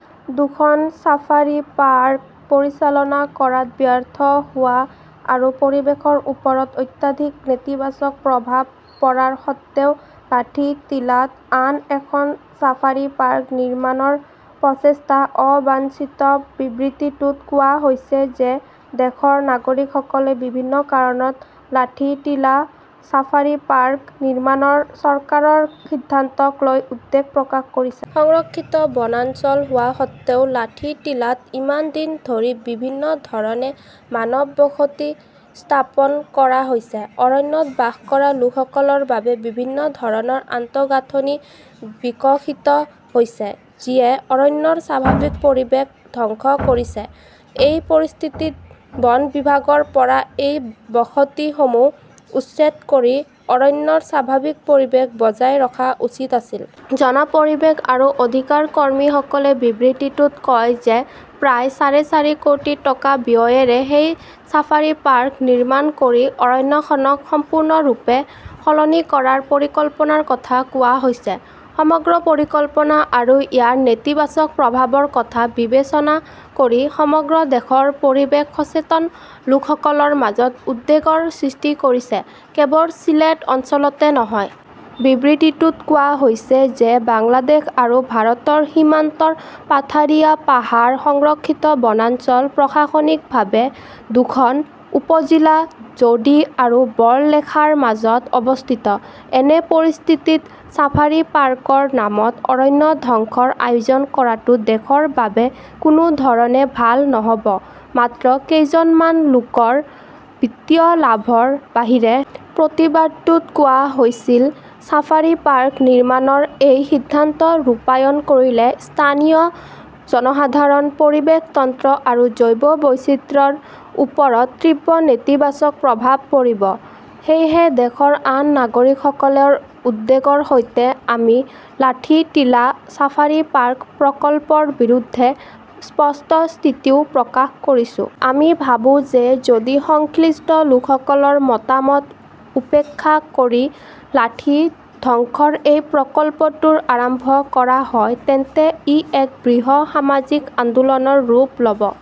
দুখন safari park পৰিচালনা কৰাত ব্যৰ্থ হোৱা আৰু পৰিৱেশৰ ওপৰত অত্যধিক নেতিবাচক প্ৰভাৱ পৰাৰ সত্ত্বেও লাঠিটিলাত আন এখন ছাফাৰী পাৰ্ক নিৰ্মাণৰ প্ৰচেষ্টা অবাঞ্ছিত। বিবৃতিটোত কোৱা হৈছে যে দেশৰ নাগৰিকসকলে বিভিন্ন কাৰণত লাঠিটিলা ছাফাৰী পাৰ্ক নিৰ্মাণৰ চৰকাৰৰ সিদ্ধান্তক লৈ উদ্বেগ প্ৰকাশ কৰিছে। সংৰক্ষিত বনাঞ্চল হোৱা সত্ত্বেও, লাঠিটিলাত ইমান দিন ধৰি বিভিন্ন ধৰণে মানৱ বসতি স্থাপন কৰা হৈছে। অৰণ্যত বাস কৰা লোকসকলৰ বাবে বিভিন্ন ধৰণৰ আন্তঃগাঁথনি বিকশিত হৈছে, যিয়ে অৰণ্যৰ স্বাভাৱিক পৰিৱেশ ধ্বংস কৰিছে। এই পৰিস্থিতিত বন বিভাগৰ পৰা এই বসতিসমূহ উচ্ছেদ কৰি অৰণ্যৰ স্বাভাৱিক পৰিৱেশ বজাই ৰখা উচিত আছিল। জন পৰিৱেশ আৰু অধিকাৰ কৰ্মীসকলে বিবৃতিটোত কয় যে প্ৰায় চাৰে চাৰি কোটি টকা ব্যয়েৰে সেই ছাফাৰী পাৰ্ক নিৰ্মাণ কৰি অৰণ্যখনক সম্পূৰ্ণৰূপে সলনি কৰাৰ পৰিকল্পনাৰ কথা কোৱা হৈছে। সমগ্ৰ পৰিকল্পনা আৰু ইয়াৰ নেতিবাচক প্ৰভাৱৰ কথা বিবেচনা কৰি সমগ্ৰ দেশৰ পৰিৱেশ সচেতন লোকসকলৰ মাজত উদ্বেগৰ সৃষ্টি কৰিছে, কেৱল ছিলেট অঞ্চলতে নহয়। বিবৃতিটোত কোৱা হৈছে যে বাংলাদেশ আৰু ভাৰতৰ সীমান্তৰ পাথাৰিয়া পাহাৰ সংৰক্ষিত বনাঞ্চল প্ৰশাসনিকভাৱে দুখন উপ-জিলা জোডি আৰু বৰলেখাৰ মাজত অৱস্থিত। এনে পৰিস্থিতিত ছাফাৰী পাৰ্কৰ নামত অৰণ্য ধ্বংসৰ আয়োজন কৰাটো দেশৰ বাবে কোনো ধৰণে ভাল নহ'ব, মাত্ৰ কেইজনমান লোকৰ বিত্তীয় লাভৰ বাহিৰে। প্ৰতিবাদটোত কোৱা হৈছিল, "ছাফাৰী পাৰ্ক নিৰ্মাণৰ এই সিদ্ধান্ত ৰূপায়ণ কৰিলে স্থানীয় জনসাধাৰণ, পৰিৱেশ তন্ত্ৰ আৰু জৈৱ বৈচিত্ৰ্যৰ ওপৰত তীব্ৰ নেতিবাচক প্ৰভাৱ পৰিব। সেয়েহে দেশৰ আন নাগৰিকসকলৰ উদ্বেগৰ সৈতে, আমি লাঠিটিলা ছাফাৰী পাৰ্ক প্ৰকল্পৰ বিৰুদ্ধে স্পষ্ট স্থিতিও প্ৰকাশ কৰিছোঁ। আমি ভাবোঁ যে যদি সংশ্লিষ্ট লোকসকলৰ মতামত উপেক্ষা কৰি লাঠি ধ্বংসৰ এই প্ৰকল্পটো আৰম্ভ কৰা হয় তেন্তে ই এক বৃহৎ সামাজিক আন্দোলনৰ ৰূপ ল'ব।"